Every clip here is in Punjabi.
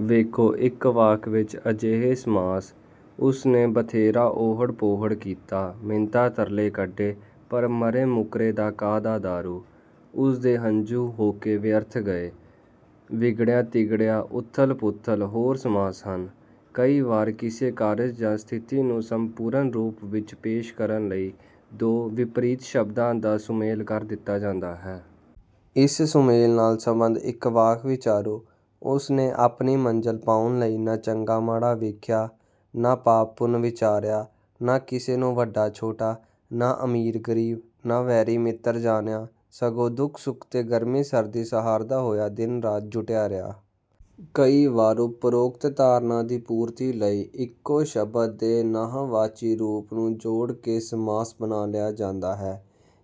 ਵੇਖੋ, ਇੱਕ ਵਾਕ ਵਿੱਚ ਅਜਿਹੇ ਸਮਾਸ “ਉਸ ਨੇ ਬਥੇਰਾ ਓਹੜ-ਪੋਹੜ ਕੀਤਾ, ਮਿੰਨਤਾਂ-ਤਰਲੇ ਕੱਢੇ, ਪਰ ਮਰੇ-ਮੁੱਕਰੇ ਦਾ ਕਾਹਦਾ ਦਾਰੂ! ਉਸ ਦੇ ਹੰਝੂ-ਹੌਕੇ ਵਿਅਰਥ ਗਏ।” ਵਿਗੜਿਆ-ਤਿਗੜਿਆ, ਉਥਲ-ਪੁਥਲ ਹੋਰ ਸਮਾਸ ਹਨ। ਕਈ ਵਾਰ ਕਿਸੇ ਕਾਰਜ ਜਾਂ ਸਥਿਤੀ ਨੂੰ ਸੰਪੂਰਨ ਰੂਪ ਵਿੱਚ ਪੇਸ਼ ਕਰਨ ਲਈ ਦੋ ਵਿਪਰੀਤ ਸ਼ਬਦਾਂ ਦਾ ਸੁਮੇਲ ਕਰ ਦਿੱਤਾ ਜਾਂਦਾ ਹੈ। ਇਸ ਸੁਮੇਲ ਨਾਲ ਸਬੰਧਤ ਇੱਕ ਵਾਕ ਵਿਚਾਰੋ: “ਉਸ ਨੇ ਆਪਣੀ ਮੰਜ਼ਲ ਪਾਉਣ ਲਈ ਨਾ ਚੰਗਾ-ਮਾੜਾ ਵੇਖਿਆ, ਨਾ ਪਾਪ-ਪੁੰਨ ਵਿਚਾਰਿਆ, ਨਾ ਕਿਸੇ ਨੂੰ ਵੱਡਾ-ਛੋਟਾ, ਨਾ ਅਮੀਰ-ਗਰੀਬ, ਨਾ ਵੈਰੀ-ਮਿੱਤਰ ਜਾਣਿਆ, ਸਗੋਂ ਦੁਖ-ਸੁਖ ਤੇ ਗਰਮੀ-ਸਰਦੀ ਸਹਾਰਦਾ ਹੋਇਆ ਦਿਨ-ਰਾਤ ਜੁਟਿਆ ਰਿਹਾ।” ਕਈ ਵਾਰ ਉਪਰੋਕਤ ਧਾਰਨਾ ਦੀ ਪੂਰਤੀ ਲਈ ਇੱਕੋ ਸ਼ਬਦ ਦੇ ਨਾਂਹ-ਵਾਚੀ ਰੂਪ ਨੂੰ ਜੋੜ ਕੇ ਸਮਾਸ ਬਣਾ ਲਿਆ ਜਾਂਦਾ ਹੈ,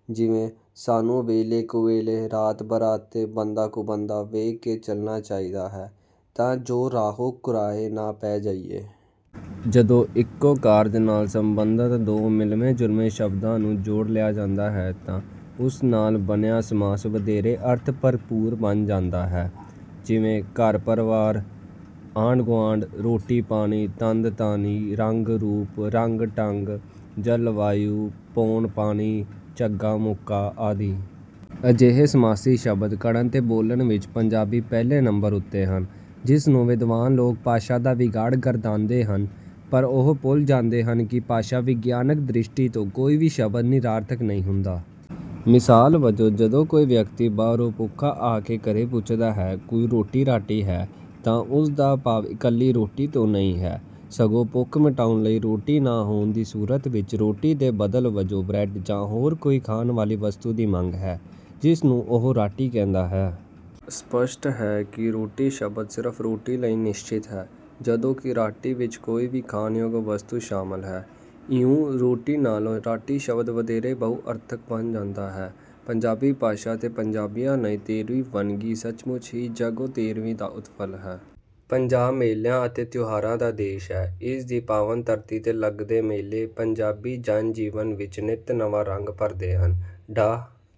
ਜਿਵੇਂ: “ਸਾਨੂੰ ਵੇਲੇ-ਕੁਵੇਲੇ, ਰਾਤ-ਬਰਾਤੇ, ਬੰਦਾ-ਕੁਬੰਦਾ ਵੇਖ ਕੇ ਚੱਲਣਾ ਚਾਹੀਦਾ ਹੈ, ਤਾਂ ਜੋ ਰਾਹੋਂ ਕੁਰਾਹੇ ਨਾ ਪੈ ਜਾਈਏ।” ਜਦੋਂ ਇੱਕੋ ਕਾਰਜ ਨਾਲ ਸਬੰਧਤ ਦੋ ਮਿਲਵੇਂ-ਜੁਲਵੇਂ ਸ਼ਬਦਾਂ ਨੂੰ ਜੋੜ ਲਿਆ ਜਾਂਦਾ ਹੈ, ਤਾਂ ਉਸ ਨਾਲ ਬਣਿਆ ਸਮਾਸ ਵਧੇਰੇ ਅਰਥ-ਭਰਪੂਰ ਬਣ ਜਾਂਦਾ ਹੈ। ਜਿਵੇਂ—ਘਰ-ਪਰਿਵਾਰ, ਆਂਢ-ਗੁਆਂਢ, ਰੋਟੀ-ਪਾਣੀ, ਤੰਦ-ਤਾਣੀ, ਰੰਗ-ਰੂਪ, ਰੰਗ-ਢੰਗ, ਜਲਵਾਯੂ, ਪੌਣ-ਪਾਣੀ, ਝੱਗਾ-ਮੂਕਾ ਆਦਿ। ਅਜਿਹੇ ਸਮਾਸੀ ਸ਼ਬਦ ਘੜਨ ਤੇ ਬੋਲਣ ਵਿੱਚ ਪੰਜਾਬੀ ਪਹਿਲੇ ਨੰਬਰ ਉੱਤੇ ਹਨ, ਜਿਸ ਨੂੰ ‘ਵਿਦਵਾਨ’ ਲੋਕ ਭਾਸ਼ਾ ਦਾ ਵਿਗਾੜ ਗਰਦਾਨਦੇ ਹਨ, ਪਰ ਉਹ ਭੁੱਲ ਜਾਂਦੇ ਹਨ ਕਿ ਭਾਸ਼ਾ-ਵਿਗਿਆਨਕ ਦ੍ਰਿਸ਼ਟੀ ਤੋਂ ਕੋਈ ਵੀ ਸ਼ਬਦ ਨਿਰਾਰਥਕ ਨਹੀਂ ਹੁੰਦਾ। ਮਿਸਾਲ ਵਜੋਂ, ਜਦੋਂ ਕੋਈ ਵਿਅਕਤੀ ਬਾਹਰੋਂ ਭੁੱਖਾ ਆ ਕੇ ਘਰੇ ਪੁੱਛਦਾ ਹੈ, “ਕੋਈ ਰੋਟੀ-ਰਾਟੀ ਹੈ?” ਤਾਂ ਉਸ ਦਾ ਭਾਵ ਇਕੱਲੀ ਰੋਟੀ ਤੋਂ ਨਹੀਂ ਹੈ, ਸਗੋਂ ਭੁੱਖ ਮਿਟਾਉਣ ਲਈ ਰੋਟੀ ਨਾ ਹੋਣ ਦੀ ਸੂਰਤ ਵਿੱਚ ਰੋਟੀ ਦੇ ਬਦਲ ਵਜੋਂ ਬਰੈੱਡ ਜਾਂ ਹੋਰ ਕੋਈ ਖਾਣ ਵਾਲੀ ਵਸਤੂ ਦੀ ਮੰਗ ਹੈ, ਜਿਸ ਨੂੰ ਉਹ ਰਾਟੀ ਕਹਿੰਦਾ ਹੈ। ਸਪਸ਼ਟ ਹੈ ਕਿ ਰੋਟੀ ਸ਼ਬਦ ਸਿਰਫ਼ ਰੋਟੀ ਲਈ ਨਿਸ਼ਚਿਤ ਹੈ, ਜਦੋਂ ਕਿ ਰਾਟੀ ਵਿੱਚ ਕੋਈ ਵੀ ਖਾਣਯੋਗ ਵਸਤੂ ਸ਼ਾਮਲ ਹੈ। ਇਉਂ, ਰੋਟੀ ਨਾਲੋਂ ਰਾਟੀ ਸ਼ਬਦ ਵਧੇਰੇ ਬਹੁ-ਅਰਥਕ ਬਣ ਜਾਂਦਾ ਹੈ। ਪੰਜਾਬੀ ਭਾਸ਼ਾ ਤੇ ਪੰਜਾਬੀਆਂ ਲਈ ਤੇਰ੍ਹਵੀਂ ਵੰਨਗੀ ਸੱਚਮੁੱਚ ਹੀ ਜੱਗੋਂ-ਤੇਰ੍ਹਵੀਂ ਦਾ ਉਤਫਲ ਹੈ। ਪੰਜਾਬ ਮੇਲਿਆਂ ਅਤੇ ਤਿਉਹਾਰਾਂ ਦਾ ਦੇਸ ਹੈ। ਇਸ ਦੀ ਪਾਵਨ ਧਰਤੀ ’ਤੇ ਲੱਗਦੇ ਮੇਲੇ ਪੰਜਾਬੀ ਜਨ-ਜੀਵਨ ਵਿੱਚ ਨਿੱਤ ਨਵਾਂ ਰੰਗ ਭਰਦੇ ਹਨ। ਡਾ....